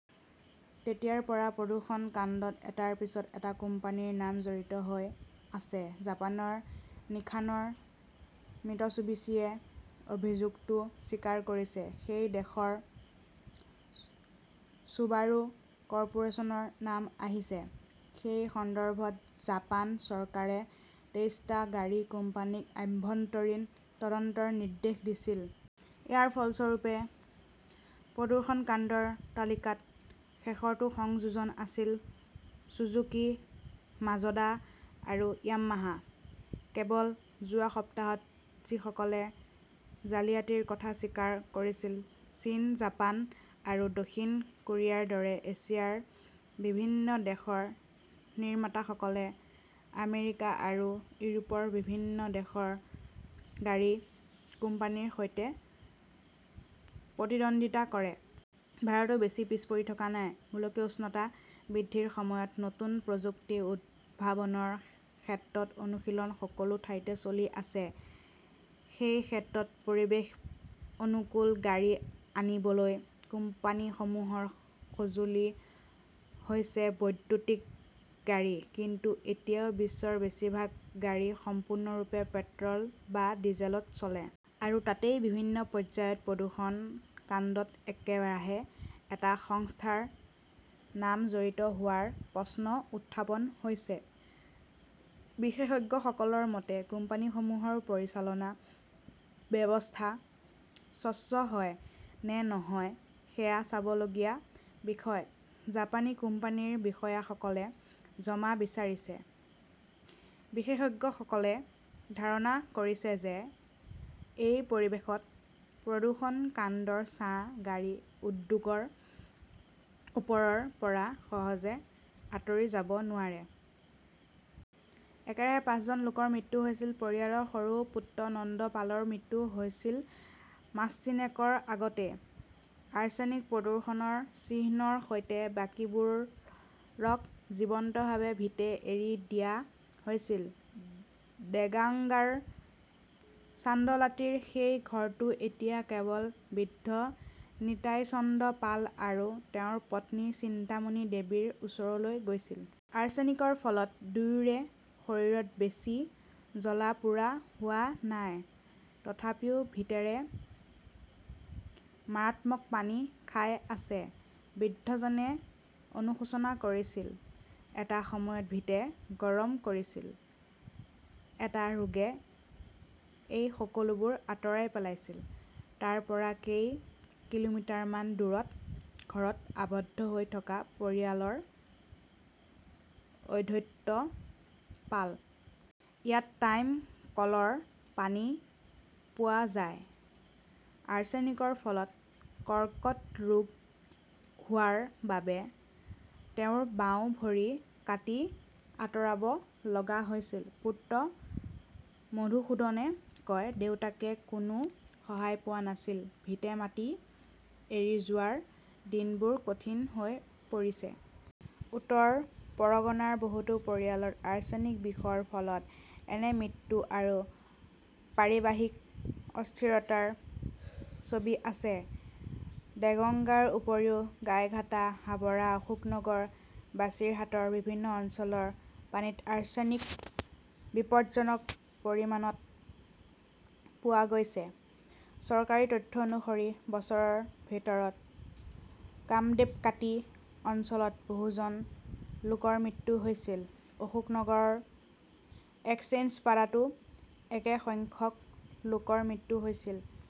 তেতিয়াৰ পৰা প্ৰদূষণ কাণ্ডত এটাৰ পিছত এটা কোম্পানীৰ নাম জড়িত হৈ আছে। জাপানৰ নিসানৰ মিত্সুবিছিয়ে অভিযোগটো স্বীকাৰ কৰিছে। সেই দেশৰ চুবাৰু কৰ্পোৰেচনৰ নাম আহিছে। সেই সন্দৰ্ভত জাপান চৰকাৰে তেইশটা গাড়ী কোম্পানীক আভ্যন্তৰীণ তদন্তৰ নিৰ্দেশ দিছিল। ইয়াৰ ফলস্বৰূপে প্ৰদূষণ কাণ্ডৰ তালিকাত শেষৰটো সংযোজন আছিল চুজুকি, মাজদা আৰু ইয়ামাহা। কেৱল যোৱা সপ্তাহত যিসকলে জালিয়াতিৰ কথা স্বীকাৰ কৰিছিল। চীন, জাপান আৰু দক্ষিণ কোৰিয়াৰ দৰে এছিয়াৰ বিভিন্ন দেশৰ নিৰ্মাতাসকলে আমেৰিকা আৰু ইউৰোপৰ বিভিন্ন দেশৰ গাড়ী কোম্পানীৰ সৈতে প্ৰতিদ্বন্দিতা কৰে। ভাৰতো বেছি পিছ পৰি থকা নাই। গোলকীয় উষ্ণতা বৃদ্ধিৰ সময়ত নতুন প্ৰযুক্তি উদ্ভাৱনৰ ক্ষেত্ৰত অনুশীলন সকলো ঠাইতে চলি আছে। সেই ক্ষেত্ৰত পৰিৱেশ অনুকূল গাড়ী আনিবলৈ কোম্পানীসমূহৰ সঁজুলি হৈছে বৈদ্যুতিক গাড়ী। কিন্তু এতিয়াও বিশ্বৰ বেছিভাগ গাড়ী সম্পূৰ্ণৰূপে পেট্ৰল বা ডিজেলত চলে। আৰু তাতেই বিভিন্ন পৰ্যায়ত প্ৰদূষণ কাণ্ডত একেৰাহে এটা সংস্থাৰ নাম জড়িত হোৱাৰ প্ৰশ্ন উত্থাপন হৈছে। বিশেষজ্ঞসকলৰ মতে, কোম্পানীসমূহৰ পৰিচালনা ব্যৱস্থা স্বচ্ছ হয় নে নহয় সেয়া চাবলগীয়া বিষয়। জাপানী কোম্পানীৰ বিষয়াসকলে ক্ষমা বিচাৰিছে। বিশেষজ্ঞসকলে ধাৰণা কৰিছে যে, এই পৰিৱেশত প্ৰদূষণ কাণ্ডৰ ছাঁ গাড়ী উদ্যোগৰ ওপৰৰ পৰা সহজে আঁতৰি যাব নোৱাৰে। একেৰাহে পাঁচজন লোকৰ মৃত্যু হৈছিল। পৰিয়ালৰ সৰু পুত্ৰ নন্দ পালৰ মৃত্যু হৈছিল মাষ্টিনেকৰ আগতে। আৰ্ছেনিক-প্ৰদূষণৰ চিহ্নৰ সৈতে বাকীবোৰক জীৱন্তভাৱে ভিটে এৰি দিয়া হৈছিল। দেগাঙ্গাৰ চান্দলাটিৰ সেই ঘৰটো এতিয়া কেৱল বৃদ্ধ নিতাই চন্দ্ৰ পাল আৰু তেওঁৰ পত্নী চিন্তামণি দেৱীৰ ওচৰলৈ গৈছিল। আৰ্ছেনিকৰ ফলত দুয়োৰে শৰীৰত বেছি জ্বলা-পোৰা হোৱা নাই। তথাপিও ভিটেৰে "মাৰাত্মক পানী" খাই আছে। বৃদ্ধজনে অনুশোচনা কৰিছিল, "এটা সময়ত ভিটে গৰম কৰিছিল। এটা ৰোগে এই সকলোবোৰ আঁতৰাই পেলাইছিল"। তাৰ পৰা কেই কিলোমিটাৰমান দূৰত ঘৰত আবদ্ধ হৈ থকা পৰিয়ালৰ অদ্বৈত পাল। ইয়াত টাইম কলৰ পানী পোৱা যায়। আৰ্ছেনিকৰ ফলত কৰ্কট ৰোগ হোৱাৰ বাবে তেওঁৰ বাওঁ ভৰি কাটি আঁতৰাব লগা হৈছিল। পুত্ৰ মধুসূদনে কয়, "দেউতাকে কোনো সহায় পোৱা নাছিল। ভিটে-মাটি এৰি যোৱাৰ দিনবোৰ কঠিন হৈ পৰিছে"। উত্তৰ পৰগনাৰ বহুতো পৰিয়ালত আৰ্ছেনিক বিষৰ ফলত এনে মৃত্যু আৰু পাৰিবাৰিক অস্থিৰতাৰ ছবি আছে। দেগঙ্গাৰ উপৰিও গাইঘাটা, হাবৰা, অশোকনগৰ, বাছিৰহাটৰ বিভিন্ন অঞ্চলৰ পানীত আৰ্ছেনিক বিপদজ্জনক পৰিমাণত পোৱা গৈছে। চৰকাৰী তথ্য অনুসৰি বছৰৰ ভিতৰত কামদেবকাটি অঞ্চলত বহুজন লোকৰ মৃত্যু হৈছিল। অশোকনগৰৰ এক্সচেঞ্জপাডাতো একে সংখ্যক লোকৰ মৃত্যু হৈছিল।